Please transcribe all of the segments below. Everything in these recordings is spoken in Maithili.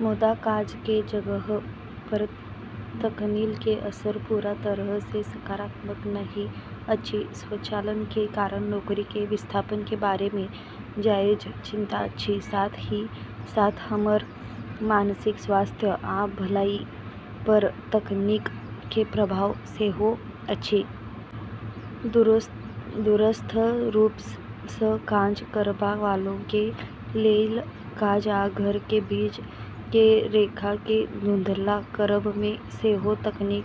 मुदा, काज के जगह पर तकनीक के असर पूरा तरह सँ सकारात्मक नहि अछि। स्वचालन के कारण नौकरी के विस्थापन के बारे मे जायज चिंता अछि, साथ ही साथ हमर मानसिक स्वास्थ्य आ भलाई पर तकनीक के प्रभाव सेहो अछि। दूरस्थ रूप सँ काज करबा वाला के लेल काज आ घर के बीच के रेखा के धुंधला करब मे सेहो तकनीक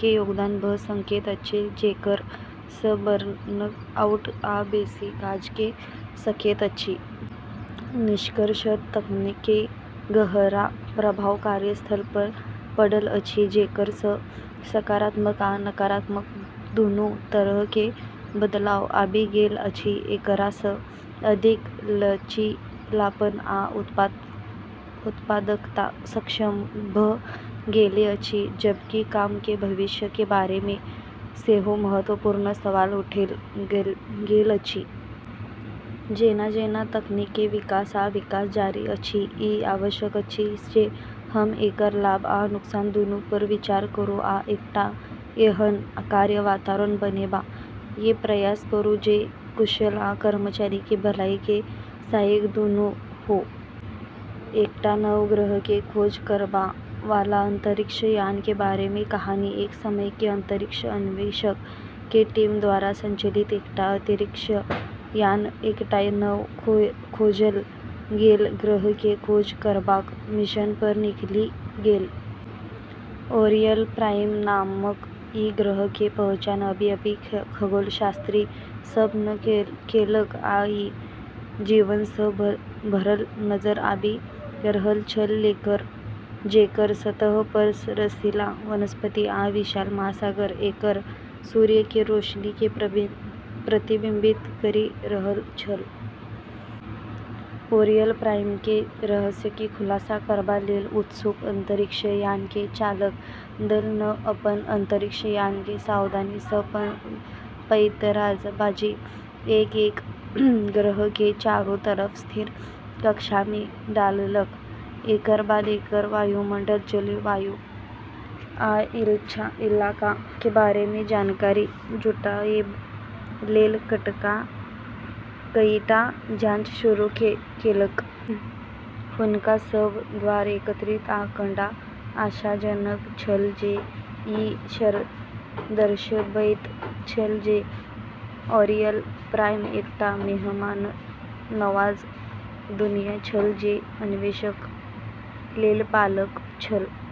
के योगदान भ सकैत अछि, जेकर सँ बर्नआउट आ बेसी काज भ सकैत अछि। निष्कर्षतः, तकनीक के गहरा प्रभाव कार्यस्थल पर पड़ल अछि, जेकर सँ सकारात्मक आ नकारात्मक दूनू तरह के बदलाव आबि गेल अछि। एकरा सँ अधिक लचीलापन आ उत्पादकता सक्षम भ गेल अछि, जबकि काम के भविष्य के बारे मे सेहो महत्वपूर्ण सवाल उठैल गेल अछि। जेना-जेना तकनीक के विकास आ विकास जारी अछि, ई आवश्यक अछि जे हम एकर लाभ आ नुकसान दूनू पर विचार करू आ एकटा एहन कार्य वातावरण बनेबा के प्रयास करू जे कुशल आ कर्मचारी के भलाई के सहायक दूनू हो। एकटा नव ग्रह के खोज करबा वाला अंतरिक्ष यान के बारे मे कहानी। एक समय मे अंतरिक्ष अन्वेषक के टीम द्वारा संचालित एकटा अंतरिक्ष यान एकटा नव खोजल गेल ग्रह के खोज करबाक मिशन पर निकलि गेल। ऑरियल प्राइम नामक ई ग्रह के पहचान अभी-अभी खगोलशास्त्री सभ नँ केलक आ ई जीवन सँ भरल नजर आबि रहल छल, जेकर सतह पर रसीला वनस्पति आ विशाल महासागर एकर सूर्य के रोशनी के प्रतिबिंबित करि रहल छल। ऑरियल प्राइम के रहस्य के खुलासा करबा लेल उत्सुक अंतरिक्ष यान के चालक दल नँ अपन अंतरिक्ष यान के सावधानी सँ पैंतराबाजी कए कए ग्रह के चारू तरफ स्थिर कक्षा मे डाललक। एकर बाद एकर वायुमंडल, जलवायु आ इलाका के बारे मे जानकारी जुटाएब लेल कईटा जांच शुरू केलक। हुनका सब द्वारा एकत्रित आंकड़ा आशाजनक छल, जे ई दर्शबैत छल जे ऑरियल प्राइम एकटा मेहमाननवाज दुनिया छल, जे अन्वेषण लेल पाकल छल।